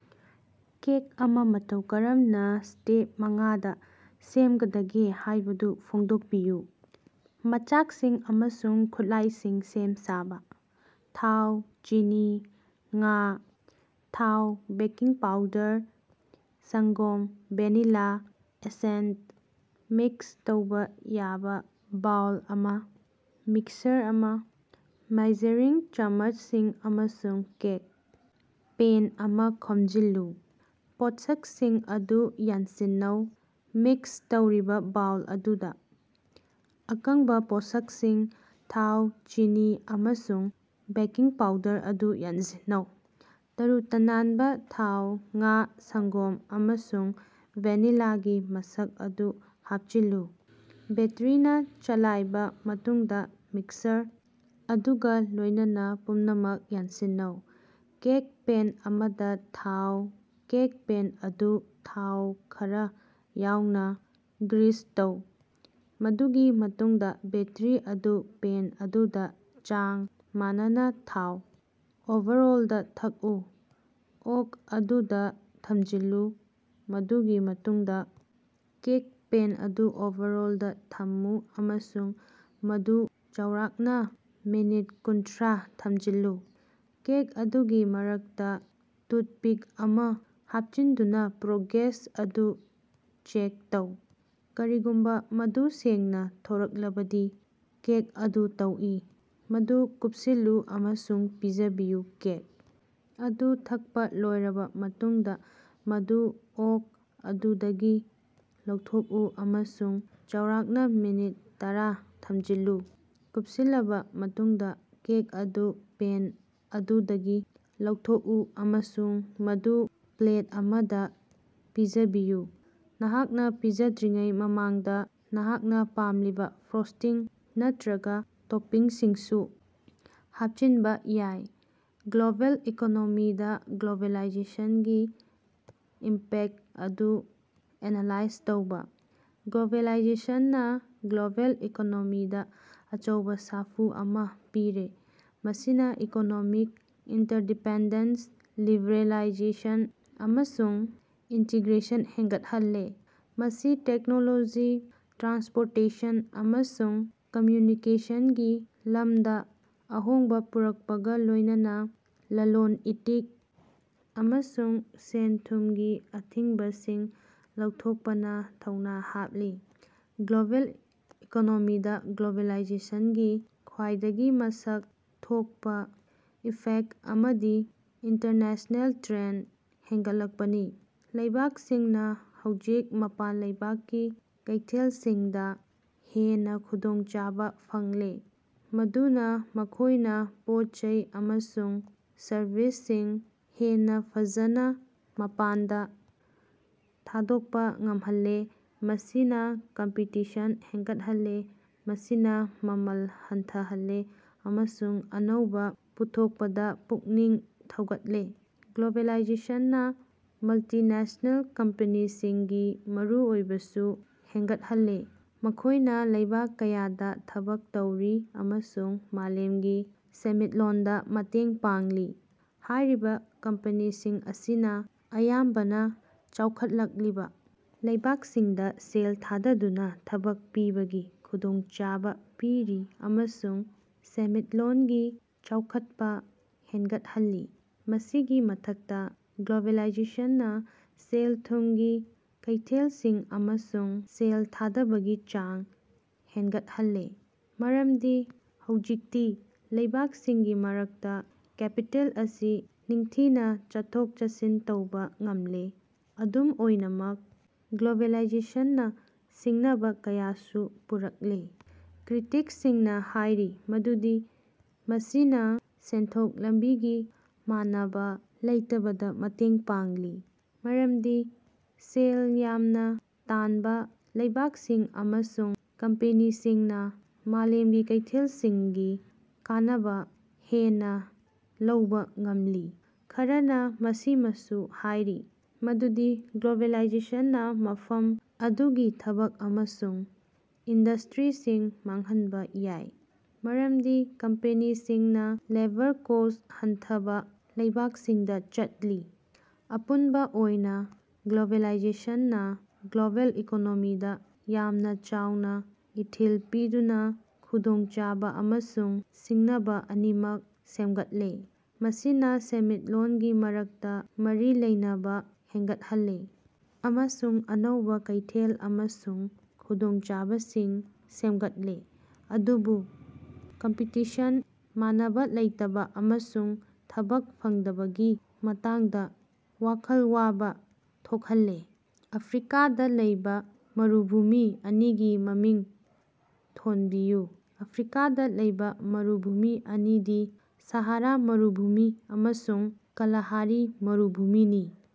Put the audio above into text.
Cake ꯑꯃ ꯃꯇꯧ ꯀꯔꯝꯅ ꯁ꯭ꯇꯦꯞ ꯃꯉꯥꯗ ꯁꯦꯝꯒꯗꯒꯦ ꯍꯥꯏꯕꯗꯨ ꯐꯣꯡꯗꯣꯛꯄꯤꯌꯨ꯫ ꯃꯆꯥꯛꯁꯤꯡ ꯑꯃꯁꯨꯡ ꯈꯨꯠꯂꯥꯏꯁꯤꯡ ꯁꯦꯝ-ꯁꯥꯕ: ꯊꯥꯎ, ꯆꯤꯅꯤ, ꯉꯥ, ꯊꯥꯎ, ꯕꯦꯀꯤꯡ ꯄꯥꯎꯗꯔ, ꯁꯪꯒꯣꯝ, ꯚꯦꯅꯤꯂꯥ ꯑꯦꯁꯦꯟꯁ, ꯃꯤꯛꯁ ꯇꯧꯕ ꯌꯥꯕ ꯕꯣꯜ ꯑꯃ, ꯃꯤꯛꯁꯔ ꯑꯃꯥ, ꯃꯥꯏꯖꯔꯤꯡ ꯆꯃꯆꯁꯤꯡ ꯑꯃꯁꯨꯡ ꯀꯦꯛ ꯄꯦꯟ ꯑꯃꯥ ꯈꯣꯝꯖꯤꯜꯂꯨ꯫ ꯄꯣꯠꯁꯛꯁꯤꯡ ꯑꯗꯨ ꯌꯥꯟꯁꯤꯟꯅꯧ: ꯃꯤꯛꯁ ꯇꯧꯔꯤꯕꯥ ꯕꯣꯜ ꯑꯗꯨꯗꯥ, ꯑꯀꯪꯕꯥ ꯄꯣꯠꯁꯛꯁꯤꯡ ꯊꯥꯎ, ꯆꯤꯅꯤ, ꯑꯃꯁꯨꯡ ꯕꯦꯀꯤꯡ ꯄꯥꯎꯗꯔ ꯑꯗꯨ ꯌꯥꯟꯁꯤꯟꯅꯧ꯫ ꯇꯔꯨ-ꯇꯅꯥꯅꯕ ꯊꯥꯎ, ꯉꯥ, ꯁꯪꯒꯣꯝ, ꯑꯃꯁꯨꯡ ꯚꯦꯅꯤꯂꯥꯒꯤ ꯃꯁꯛ ꯑꯗꯨ ꯍꯥꯄꯆꯤꯜꯂꯨ꯫ ꯕꯦꯇꯔꯤꯅꯥ ꯆꯂꯥꯏꯕꯥ ꯃꯇꯨꯡꯗꯥ ꯃꯤꯛꯁꯔ ꯑꯗꯨꯒꯥ ꯂꯣꯏꯅꯅ ꯄꯨꯝꯅꯃꯛ ꯌꯥꯟꯁꯤꯟꯅꯧ꯫ ꯀꯦꯛ ꯄꯦꯟ ꯑꯃꯗꯥ ꯊꯥꯎ: ꯀꯦꯛ ꯄꯦꯟ ꯑꯗꯨ ꯊꯥꯎ ꯈꯔꯥ ꯌꯥꯎꯅꯥ ꯒ꯭ꯔꯤꯁ ꯇꯧ, ꯃꯗꯨꯒꯤ ꯃꯇꯨꯡꯗꯥ ꯕꯦꯇꯔꯤ ꯑꯗꯨ ꯄꯦꯟ ꯑꯗꯨꯗꯥ ꯆꯥꯡ ꯃꯥꯟꯅꯅꯥ ꯊꯥꯎ꯫ ꯑꯣꯚꯔꯑꯣꯜꯗꯥ ꯊꯛꯎ: ꯑꯣꯛ ꯑꯗꯨ ꯗꯥ ꯊꯝꯖꯤꯜꯂꯨ, ꯃꯗꯨꯒꯤ ꯃꯇꯨꯡꯗꯥ ꯀꯦꯛ ꯄꯦꯟ ꯑꯗꯨ ꯑꯣꯚꯔꯑꯣꯜꯗꯥ ꯊꯝꯃꯨ ꯑꯃꯁꯨꯡ ꯃꯗꯨ ꯆꯥꯎꯔꯥꯛꯅꯥ ꯃꯤꯅꯠ ꯀꯨꯟꯊ꯭ꯔꯥ ꯊꯝꯖꯤꯜꯂꯨ꯫ ꯀꯦꯛ ꯑꯗꯨꯒꯤ ꯃꯔꯛꯇꯥ ꯇꯨꯊꯄꯤꯛ ꯑꯃꯥ ꯍꯥꯄꯆꯤꯟꯗꯨꯅꯥ ꯄ꯭ꯔꯣꯒ꯭ꯔꯦꯁ ꯑꯗꯨ ꯆꯦꯛ ꯇꯧ; ꯀꯔꯤꯒꯨꯝꯕꯥ ꯃꯗꯨ ꯁꯦꯡꯅꯥ ꯊꯣꯛꯂꯕꯗꯤ ꯀꯦꯛ ꯑꯗꯨ ꯇꯧꯏ꯫ ꯃꯗꯨ ꯀꯨꯞꯁꯤꯜꯂꯨ ꯑꯃꯁꯨꯡ ꯄꯤꯖꯕꯤꯌꯨ ꯀꯦꯛ ꯑꯗꯨ ꯊꯛꯄꯥ ꯂꯣꯏꯔꯕꯥ ꯃꯇꯨꯡꯗꯥ, ꯃꯗꯨ ꯑꯣꯛ ꯑꯗꯨꯗꯒꯤ ꯂꯧꯊꯣꯛꯎ ꯑꯃꯁꯨꯡ ꯆꯥꯎꯔꯥꯛꯅꯥ ꯃꯤꯅꯠ ꯇꯔꯥ ꯊꯝꯖꯤꯜꯂꯨ꯫ ꯀꯨꯞꯁꯤꯜꯂꯕꯥ ꯃꯇꯨꯡꯗꯥ, ꯀꯦꯛ ꯑꯗꯨ ꯄꯦꯟ ꯑꯗꯨꯗꯒꯤ ꯂꯧꯊꯣꯛꯎ ꯑꯃꯁꯨꯡ ꯃꯗꯨ ꯄ꯭ꯂꯦꯠ ꯑꯃꯗꯥ ꯄꯤꯖꯕꯤꯌꯨ꯫ ꯅꯍꯥꯛꯅꯥ ꯄꯤꯖꯗ꯭ꯔꯤꯉꯩ ꯃꯃꯥꯡꯗꯥ ꯅꯍꯥꯛꯅꯥ ꯄꯥꯝꯂꯤꯕꯥ ꯐ꯭ꯔꯣꯁꯇꯤꯡ ꯅꯠꯇꯔꯒꯥ ꯇꯣꯄꯤꯡꯁꯤꯡꯁꯨ ꯍꯥꯞꯆꯤꯅꯕꯥ ꯌꯥꯏ꯫ ꯒ꯭ꯂꯣꯕꯦꯜ ꯏꯀꯣꯅꯣꯃꯤꯗꯥ ꯒ꯭ꯂꯣꯕꯦꯂꯥꯏꯖꯦꯁꯅꯒꯤ ꯏꯝꯄꯦꯛꯇ ꯑꯗꯨ ꯑꯦꯅꯥꯂꯥꯏꯖ ꯇꯧꯕꯥ꯫ ꯒ꯭ꯂꯣꯕꯦꯂꯥꯏꯖꯦꯁꯟꯅꯥ ꯒ꯭ꯂꯣꯕꯦꯜ ꯏꯀꯣꯅꯣꯃꯤꯗꯥ ꯑꯆꯧꯕꯥ ꯁꯥꯐꯨ ꯑꯃꯥ ꯄꯤꯔꯦ, ꯃꯁꯤꯅꯥ ꯏꯀꯣꯅꯣꯃꯤꯛ ꯏꯟꯇꯔꯗꯤꯄꯦꯟꯗꯦꯟꯁ, ꯂꯤꯕꯔꯦꯂꯥꯏꯖꯦꯁꯟ ꯑꯃꯁꯨꯡ ꯏꯟꯇꯤꯒ꯭ꯔꯦꯁꯟ ꯍꯦꯟꯒꯠꯍꯜꯂꯦ꯫ ꯃꯁꯤ ꯇꯦꯛꯅꯣꯂꯣꯖꯤ, ꯇ꯭ꯔꯥꯟꯁꯄꯣꯔꯇꯦꯁꯟ ꯑꯃꯁꯨꯡ ꯀꯝꯝꯌꯨꯅꯤꯀꯦꯁꯟꯒꯤ ꯂꯝꯗꯥ ꯑꯍꯣꯡꯕꯥ ꯄꯨꯔꯛꯄꯒꯥ ꯂꯣꯏꯅꯅ ꯂꯂꯣꯟ-ꯏꯇꯤꯛ ꯑꯃꯁꯨꯡ ꯁꯦꯟ-ꯊꯨꯝꯒꯤ ꯑꯊꯤꯡꯕꯁꯤꯡ ꯂꯧꯊꯣꯛꯄꯅꯥ ꯊꯧꯅꯥ ꯍꯥꯞꯂꯤ꯫ ꯒ꯭ꯂꯣꯕꯦꯜ ꯏꯀꯣꯅꯣꯃꯤꯗꯥ ꯒ꯭ꯂꯣꯕꯦꯂꯥꯏꯖꯦꯁꯅꯒꯤ ꯈ꯭ꯋꯥꯏꯗꯒꯤ ꯃꯁꯛ ꯊꯣꯛꯄꯥ ꯏꯐꯦꯛꯇ ꯑꯃꯗꯤ ꯏꯟꯇꯔꯅꯦꯁꯅꯦꯜ ꯇ꯭ꯔꯦꯗ ꯍꯦꯟꯒꯠꯂꯛꯄꯅꯤ꯫ ꯂꯩꯕꯥꯛꯁꯤꯡꯅꯥ ꯍꯧꯖꯤꯛ ꯃꯄꯥꯟ ꯂꯩꯕꯥꯛꯀꯤ ꯀꯩꯊꯦꯜꯁꯤꯡꯗꯥ ꯍꯦꯟꯅꯥ ꯈꯨꯗꯣꯡꯆꯥꯕꯥ ꯐꯪꯂꯦ, ꯃꯗꯨꯅꯥ ꯃꯈꯣꯏꯅꯥ ꯄꯣꯠ-ꯆꯩ ꯑꯃꯁꯨꯡ ꯁꯔꯕꯤꯁꯁꯤꯡ ꯍꯦꯟꯅꯥ ꯐꯖꯅꯥ ꯃꯄꯥꯟꯗꯥ ꯊꯥꯗꯣꯛꯄꯥ ꯉꯝꯍꯜꯂꯦ꯫ ꯃꯁꯤꯅꯥ ꯀꯝꯄꯤꯇꯤꯁꯟ ꯍꯦꯟꯒꯠꯍꯜꯂꯦ, ꯃꯁꯤꯅꯥ ꯃꯃꯜ ꯍꯟꯊꯍꯜꯂꯦ ꯑꯃꯁꯨꯡ ꯑꯅꯧꯕꯥ ꯄꯨꯊꯣꯛꯄꯗꯥ ꯄꯨꯛꯅꯤꯡ ꯊꯧꯒꯠꯂꯦ꯫ ꯒ꯭ꯂꯣꯕꯦꯂꯥꯏꯖꯦꯁꯟꯅꯥ ꯃꯜꯇꯤꯅꯦꯁ꯭ꯅꯦꯜ ꯀꯝꯄꯦꯅꯤꯁꯤꯡꯒꯤ ꯃꯔꯨꯑꯣꯏꯕꯁꯨ ꯍꯦꯟꯒꯠꯍꯜꯂꯦ, ꯃꯈꯣꯏꯅꯥ ꯂꯩꯕꯥꯛ ꯀꯌꯥꯗꯥ ꯊꯕꯛ ꯇꯧꯔꯤ ꯑꯃꯁꯨꯡ ꯃꯥꯂꯦꯝꯒꯤ ꯁꯦꯟꯃꯤꯠꯂꯣꯟꯗꯥ ꯃꯇꯦꯡ ꯄꯥꯡꯂꯤ꯫ ꯍꯥꯏꯔꯤꯕꯥ ꯀꯝꯄꯦꯅꯤꯁꯤꯡ ꯑꯁꯤꯅꯥ ꯑꯌꯥꯝꯕꯅꯥ ꯆꯥꯎꯈꯠꯂꯛꯂꯤꯕꯥ ꯂꯩꯕꯥꯛꯁꯤꯡꯗꯥ ꯁꯦꯜ ꯊꯥꯗꯗꯨꯅꯥ ꯊꯕꯛ ꯄꯤꯕꯒꯤ ꯈꯨꯗꯣꯡꯆꯥꯕꯥ ꯄꯤꯔꯤ ꯑꯃꯁꯨꯡ ꯁꯦꯟꯃꯤꯠꯂꯣꯟꯒꯤ ꯆꯥꯎꯈꯠꯄꯥ ꯍꯦꯟꯒꯠꯍꯜꯂꯤ꯫ ꯃꯁꯤꯒꯤ ꯃꯊꯛꯇꯥ, ꯒ꯭ꯂꯣꯕꯦꯂꯥꯏꯖꯦꯁꯟꯅꯥ ꯁꯦꯜ-ꯊꯨꯝꯒꯤ ꯀꯩꯊꯦꯜꯁꯤꯡ ꯑꯃꯁꯨꯡ ꯁꯦꯜ ꯊꯥꯗꯕꯒꯤ ꯆꯥꯡ ꯍꯦꯟꯒꯠꯍꯜꯂꯦ, ꯃꯔꯝꯗꯤ ꯍꯧꯖꯤꯛꯇꯤ ꯂꯩꯕꯥꯛꯁꯤꯡꯒꯤ ꯃꯔꯛꯇꯥ ꯀꯦꯄꯤꯇꯦꯜ ꯑꯁꯤ ꯅꯤꯡꯊꯤꯅꯥ ꯆꯠꯊꯣꯛ-ꯆꯠꯁꯤꯟ ꯇꯧꯕꯥ ꯉꯝꯂꯦ꯫ ꯑꯗꯨꯝ ꯑꯣꯏꯅꯃꯛ ꯒ꯭ꯂꯣꯕꯦꯂꯥꯏꯖꯦꯁꯟꯅꯥ ꯁꯤꯡꯅꯕꯥ ꯀꯌꯥꯁꯨ ꯄꯨꯔꯛꯂꯦ꯫ ꯀ꯭ꯔꯤꯇꯤꯛꯁꯁꯤꯡꯅꯥ ꯍꯥꯏꯔꯤ ꯃꯗꯨꯗꯤ ꯃꯁꯤꯅꯥ ꯁꯦꯟꯊꯣꯛ ꯂꯝꯕꯤꯒꯤ ꯃꯥꯟꯅꯕꯥ ꯂꯩꯇꯕꯗꯥ ꯃꯇꯦꯡ ꯄꯥꯡꯂꯤ, ꯃꯔꯃꯗꯤ ꯁꯦꯜ ꯌꯥꯝꯅꯥ ꯇꯥꯅꯕꯥ ꯂꯩꯕꯥꯛꯁꯤꯡ ꯑꯃꯁꯨꯡ ꯀꯝꯄꯦꯅꯤꯁꯤꯡꯅꯥ ꯃꯥꯂꯦꯃꯒꯤ ꯀꯩꯊꯦꯜꯁꯤꯡꯒꯤ ꯀꯥꯟꯅꯕꯥ ꯍꯦꯟꯅꯥ ꯂꯧꯕꯥ ꯉꯝꯂꯤ꯫ ꯈꯔꯅꯥ ꯃꯁꯤꯃꯁꯨ ꯍꯥꯏꯔꯤ ꯃꯗꯨꯗꯤ ꯒ꯭ꯂꯣꯕꯦꯂꯥꯏꯖꯦꯁꯟꯅꯥ ꯃꯐꯝ ꯑꯗꯨꯒꯤ ꯊꯕꯛ ꯑꯃꯁꯨꯡ ꯏꯟꯗꯁ꯭ꯇꯔꯤꯁꯤꯡ ꯃꯥꯡꯍꯅꯕꯥ ꯌꯥꯏ, ꯃꯔꯝꯗꯤ ꯀꯝꯄꯦꯅꯤꯁꯤꯡꯅꯥ ꯂꯦꯕꯔ ꯀꯣꯁꯠ ꯍꯟꯊꯕꯥ ꯂꯩꯕꯥꯛꯁꯤꯡꯗꯥ ꯆꯠꯂꯤ꯫ ꯑꯄꯨꯅꯕꯥ ꯑꯣꯏꯅꯥ ꯒ꯭ꯂꯣꯕꯦꯂꯥꯏꯖꯦꯁꯟꯅꯥ ꯒ꯭ꯂꯣꯕꯦꯜ ꯏꯀꯣꯅꯣꯃꯤꯗꯥ ꯌꯥꯝꯅꯥ ꯆꯥꯎꯅꯥ ꯏꯊꯤꯜ ꯄꯤꯗꯨꯅꯥ ꯈꯨꯗꯣꯡꯆꯥꯕꯥ ꯑꯃꯁꯨꯡ ꯁꯤꯡꯅꯕꯥ ꯑꯅꯤꯃꯛ ꯁꯦꯝꯒꯠꯂꯦ꯫ ꯃꯁꯤꯅꯥ ꯁꯦꯟꯃꯤꯠꯂꯣꯟꯒꯤ ꯃꯔꯛꯇꯥ ꯃꯔꯤ ꯂꯩꯅꯕꯥ ꯍꯦꯟꯒꯠꯍꯜꯂꯦ ꯑꯃꯁꯨꯡ ꯑꯅꯧꯕꯥ ꯀꯩꯊꯦꯜ ꯑꯃꯁꯨꯡ ꯈꯨꯗꯣꯡꯆꯥꯕꯁꯤꯡ ꯁꯦꯝꯒꯠꯂꯦ, ꯑꯗꯨꯕꯨ ꯀꯝꯄꯤꯇꯤꯁꯟ, ꯃꯥꯟꯅꯕꯥ ꯂꯩꯇꯕꯥ, ꯑꯃꯁꯨꯡ ꯊꯕꯛ ꯐꯪꯗꯕꯒꯤ ꯃꯇꯥꯡꯗꯥ ꯋꯥꯈꯜ ꯋꯥꯕꯥ ꯊꯣꯛꯍꯜꯂꯦ꯫ ꯑꯐ꯭ꯔꯤꯀꯥꯗꯥ ꯂꯩꯕꯥ ꯃꯔꯨꯚꯨꯃꯤ ꯑꯅꯤꯒꯤ ꯃꯃꯤꯡ ꯊꯣꯟꯕꯤꯌꯨ꯫ ꯑꯐ꯭ꯔꯤꯀꯥꯗꯥ ꯂꯩꯕꯥ ꯃꯔꯨꯚꯨꯃꯤ ꯑꯅꯤꯗꯤ ꯁꯥꯍꯥꯔꯥ ꯃꯔꯨꯚꯨꯃꯤ ꯑꯃꯁꯨꯡ ꯀꯥꯂꯥꯍꯥꯔꯤ ꯃꯔꯨꯚꯨꯃꯤꯅꯤ꯫